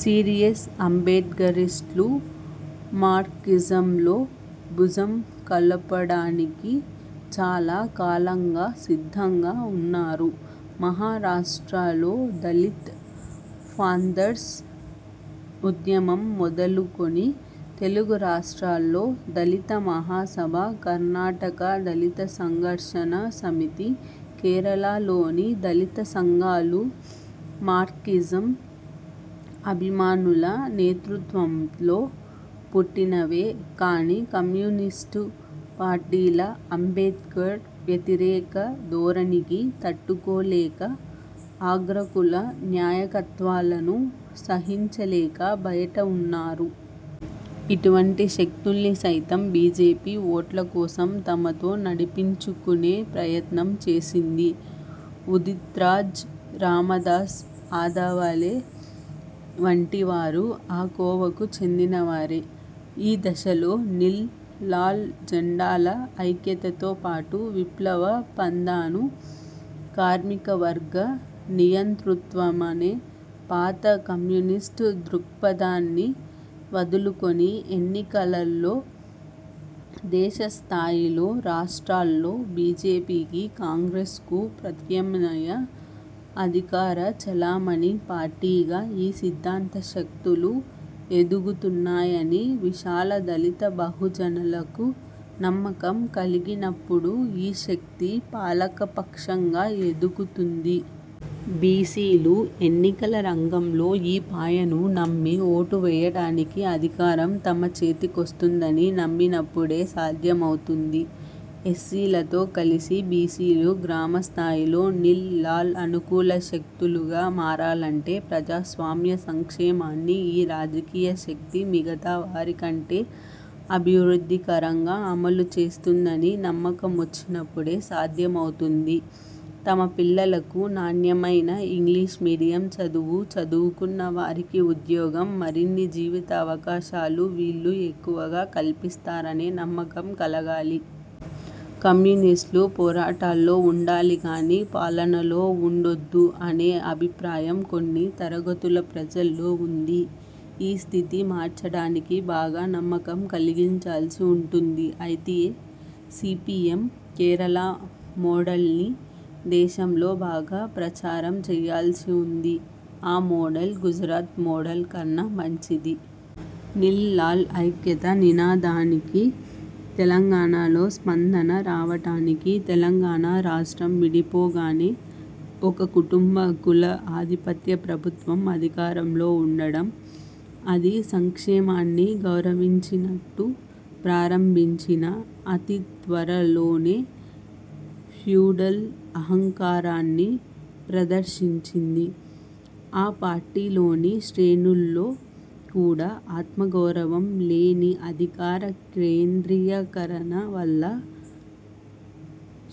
Serious అంబేడ్కరిస్టులు మార్క్సిజంతో భుజం కలుపడానికి చాలా కాలంగా సిద్ధంగా ఉన్నారు. మహారాష్ట్రలో దళిత్ పాంథర్స్ ఉద్యమం మొదలుకొని, తెలుగు రాష్ట్రాల్లో దళిత మహాసభ, కర్ణాటక దళిత సంఘర్షణ సమితి, కేరళలోని దళిత సంఘాలు మార్క్సిజం అభిమానుల నేతృత్వంలో పుట్టినవే. కానీ కమ్యూనిస్టు పార్టీల అంబేడ్కర్ వ్యతిరేక ధోరణికి తట్టుకోలేక, అగ్రకుల నాయకత్వాలను సహించలేక బయట ఉన్నారు. ఇటువంటి శక్తుల్ని సైతం బీజేపీ ఓట్ల కోసం తమతో నడిపించుకునే ప్రయత్నం చేసింది. ఉదిత్రాజ్, రామదాస్ అథవాలే వంటి వారు ఆ కోవకు చెందిన వారే. ఈ దశలో నీల్–లాల్ జెండాల ఐక్యతతో పాటు విప్లవ పంథాను, కార్మికవర్గ నియంతృత్వమనే పాత కమ్యూనిస్టు దృక్పథాన్ని వదులుకొని ఎన్నికల్లో దేశ స్థాయిలో, రాష్ర్టాల్లో బీజేపీకి, కాంగ్రెస్కు ప్రత్యామ్నాయ అధికార చలామణి పార్టీగా ఈ సిద్ధాంత శక్తులు ఎదుగుతున్నాయని విశాల దళిత బహుజనులకు నమ్మకం కలిగినప్పుడు ఈ శక్తి పాలకపక్షంగా ఎదుగుతుంది. బీసీలు ఎన్నికల రంగంలో ఈ పాయను నమ్మి ఓటు వేయడానికి అధికారం తమ చేతికొస్తుందని నమ్మినప్పుడే సాధ్యమవుతుంది. ఎస్సీలతో కలిసి బీసీలు గ్రామస్థాయిలో నీల్–లాల్ అనుకూల శక్తులుగా మారాలంటే ప్రజాస్వామ్య సంక్షేమాన్ని ఈ రాజకీయ శక్తి మిగతా వారికంటే అభివృద్ధికరంగా అమలుచేస్తుందని నమ్మకమొచ్చినప్పుడే సాధ్యమౌతుంది. తమ పిల్లలకు నాణ్యమైన ఇంగ్లీష్ మీడియం చదువు, చదువుకున్న వారికి ఉద్యోగం, మరిన్ని జీవన అవకాశాలు వీళ్ళు ఎక్కువగా కల్పిస్తారనే నమ్మకం కలగాలి. కమ్యూనిస్టులు పోరాటాల్లో ఉండాలి గానీ పాలనలో ఉండొద్దు అనే అభిప్రాయం కొన్ని తరగతుల ప్రజల్లో ఉంది. ఈ స్థితి మార్చడానికి బాగా నమ్మకం కలిగించాల్సి ఉంటుంది. అయితే సీపీఎం కేరళ మోడల్ని దేశంలో బాగా ప్రచారం చెయ్యాల్సి ఉంది. ఆ మోడల్ గుజరాత్ మోడల్ కన్నా మంచిది. నీల్–లాల్ ఐక్యత నినాదానికి తెలంగాణలో స్పందన రావడానికి తెలంగాణ రాష్ట్రం విడిపోగానే ఒక కుటుంబ, కుల ఆధిపత్య ప్రభుత్వం అధికారంలో ఉండడం. అది సంక్షేమాన్ని గౌరవించినట్టు ప్రారంభించినా, అతి త్వరలోనే ఫ్యూడల్ అహంకారాన్ని ప్రదర్శించింది. ఆ పార్టీలోని శ్రేణుల్లో కూడా ఆత్మగౌరవం లేని అధికార కేంద్రీకరణ వల్ల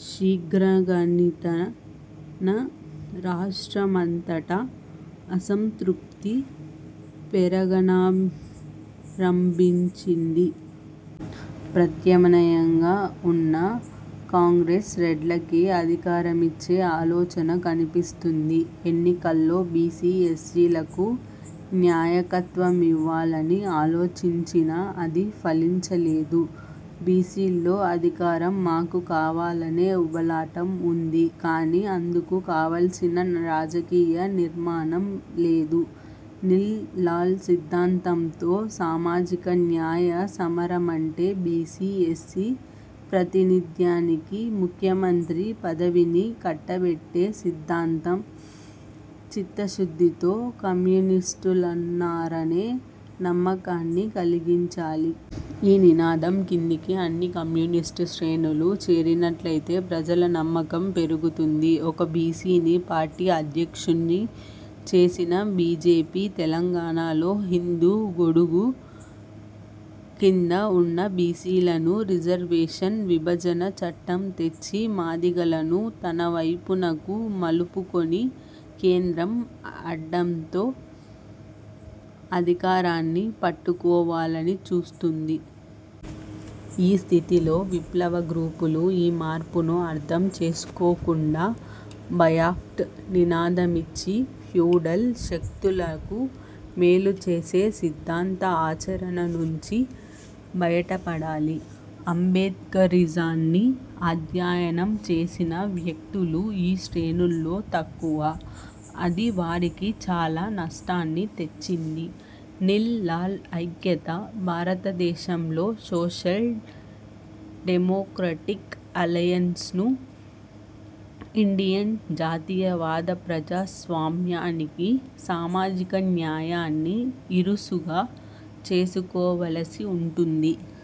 శీఘ్రగతిన రాష్ట్రమంతటా అసంతృప్తి పెరగనారంభించింది. ప్రత్యామ్నాయంగా ఉన్న కాంగ్రెస్ రెడ్లకే అధికారమిచ్చే ఆలోచన కనిపిస్తుంది. ఎన్నికల్లో బీసీ, ఎస్సీలకు నాయకత్వమివ్వాలని ఆలోచించినా అది ఫలించలేదు. బీసీల్లో అధికారం మాకు కావాలనే ఉబలాటం ఉంది కానీ అందుకు కావలసిన రాజకీయ నిర్మాణం లేదు. నీల్–లాల్ సిద్ధాంతంతో సామాజిక న్యాయ సమరమంటే బీసీ, ఎస్సీ ప్రాతినిధ్యానికి ముఖ్యమంత్రి పదవిని కట్టబెట్టే సిద్ధాంత చిత్తశుద్ధితో కమ్యూనిస్టులున్నారనే నమ్మకాన్ని కలిగించాలి. ఈ నినాదం కిందికి అన్ని కమ్యూనిస్టు శ్రేణులు చేరినట్లయితే ప్రజల నమ్మకం పెరుగుతుంది. ఒక బీసీని పార్టీ అధ్యక్షుణ్ణి చేసిన బీజేపీ తెలంగాణలో హిందూ గొడుగు కింద ఉన్న బీసీలను, రిజర్వేషన్ విభజన చట్టం తెచ్చి మాదిగలను తన వైపునకు మలుపుకొని, కేంద్రం అండతో అధికారాన్ని పట్టుకోవాలని చూస్తుంది. ఈ స్థితిలో విప్లవ గ్రూపులు ఈ మార్పును అర్థం చేసుకోకుండా బాయ్కాట్ నినాదమిచ్చి ఫ్యూడల్ శక్తులకు మేలుచేసే సిద్ధాంత ఆచరణ నుంచి బయటపడాలి. అంబేడ్కరిజాన్ని అధ్యయనం చేసిన వ్యక్తులు ఈ శ్రేణుల్లో తక్కువ. అది వారికి చాలా నష్టాన్ని తెచ్చింది. నీల్–లాల్ ఐక్యత, భారతదేశంలో సోషల్ డెమోక్రాటిక్ అలయెన్స్ను ఇండియన్ జాతీయవాద ప్రజాస్వామ్యానికి సామాజిక న్యాయాన్ని ఇరుసుగా చేసుకోవలసి ఉంటుంది.